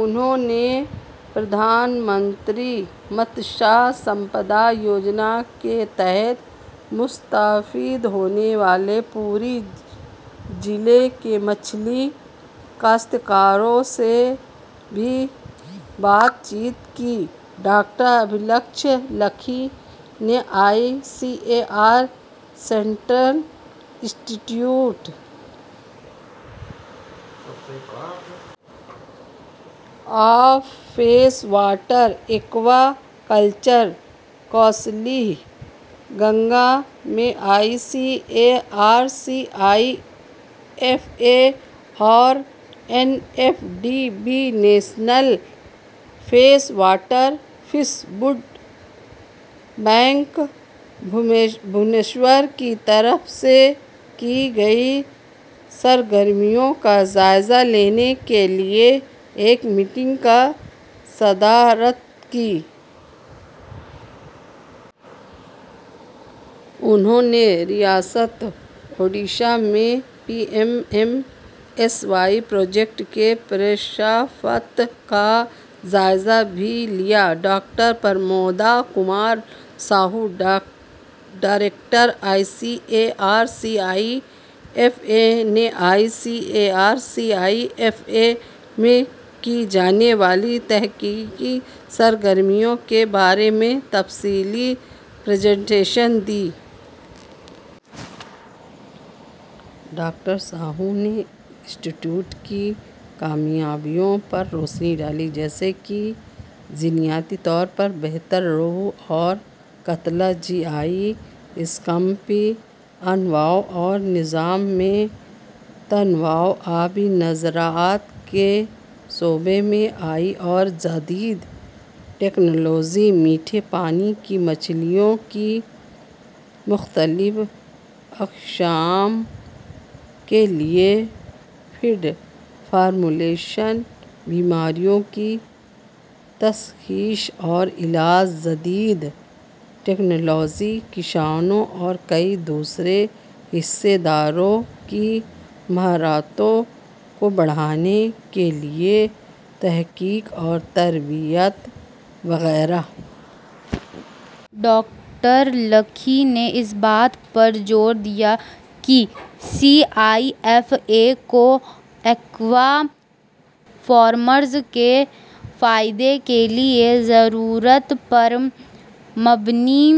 انہوں نے پردھان منتری متسیہ سمپد یوجنا کے تحت مستفید ہونے والے پوری ضلع کے مچھلی کاشتکاروں سے بھی بات چیت کی۔ ڈاکٹر ابھیلکش لکھی نے I C A R central institute of fresh water aquaculture Kausalya Ganga میں I C A R C I F A اور N F D B national fresh water fish brood bank Bhubaneswar کی طرف سے کی گئی سرگرمیوں کا جائزہ لینے کے لیے ایک میٹنگ کی صدارت کی۔ انہوں نے ریاست اوڈیشہ میں P M M S Y پروجیکٹوں کی پیشرفت کا جائزہ بھی لیا۔ Doctor Pramoda Kumar Sahoo director I C A R C I F A نے I C A R C I F A میں کی جانے والی تحقیقی سرگرمیوں کے بارے میں تفصیلی پریزنٹیشن دی۔ ڈاکٹر ساہو نے انسٹی ٹیوٹ کی کامیابیوں پر روشنی ڈالی جیسے کہ جینیاتی طور پر بہتر روہو اور قتلہ جی آئی اسکیمپی انواع اور نظام میں تنوع آبی زراعت کے شعبے میں نئی اور جدید ٹیکنالوجی میٹھے پانی کی مچھلیوں کی مختلف اقسام کے لیے فیڈ فارمولیشن بیماریوں کی تشخیص اور علاج جدید ٹیکنالوجی کسانوں اور کئی دوسرے حصص داروں کی مہارتوں کو بڑھانے کے لیے تحقیق اور تربیت وغیرہ۔ ڈاکٹر لکھی نے اس بات پر زور دیا کہ سی آئی ایف اے کو ایکوا فارمرز کے فائدے کے لیے ضرورت پر مبنی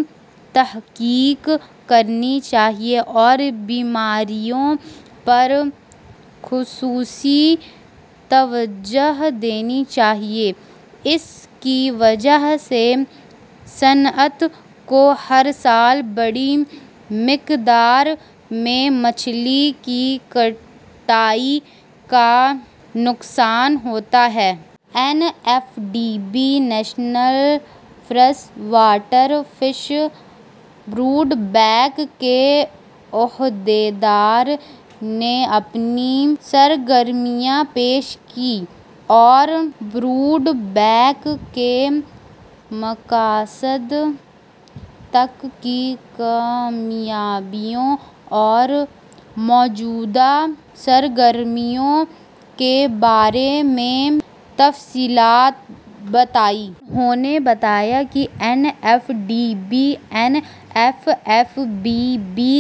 تحقیق کرنی چاہیے اور بیماریوں پر خصوصی توجہ دینی چاہیے جس کی وجہ سے صنعت کو ہر سال بڑی مقدار میں مچھلی کی کٹائی کا نقصان ہوتا ہے۔ N F D B national fresh water fish brood bank کے عہدیدار نے اپنی سرگرمیاں پیش کیں اور بروڈ بینک کے مقاصد اب تک کی کامیابیوں اور موجودہ سرگرمیوں کے بارے میں تفصیلات بتائیں۔ انہوں نے بتایا کہ N F D B N F F B B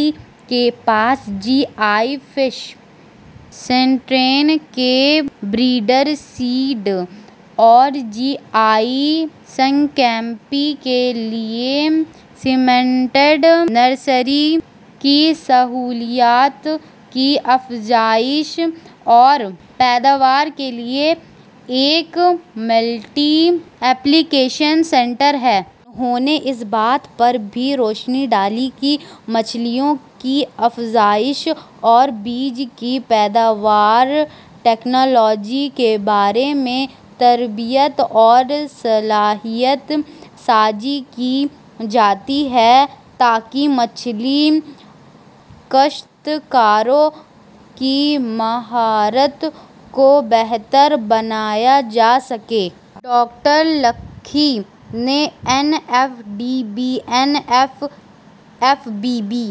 کے پاس جی آئی فش اسٹرین کے بریڈر سیڈ اور جی آئی اسکیمپی کے لیے سیمنٹڈ نرسری کی سہولیات کی افزائش اور پیداوار کے لیے ایک ملٹی پلیکیشن سینٹر ہے۔ انہوں نے اس بات پر بھی روشنی ڈالی کہ مچھلیوں کی افزائش اور بیج کی پیداوار ٹیکنالوجی کے بارے میں تربیت اور صلاحیت سازی کی جاتی ہے تاکہ مچھلی کاشتکاروں کی مہارت کو بہتر بنایا جا سکے۔ ڈاکٹر لکھی نے N F D B N F F B be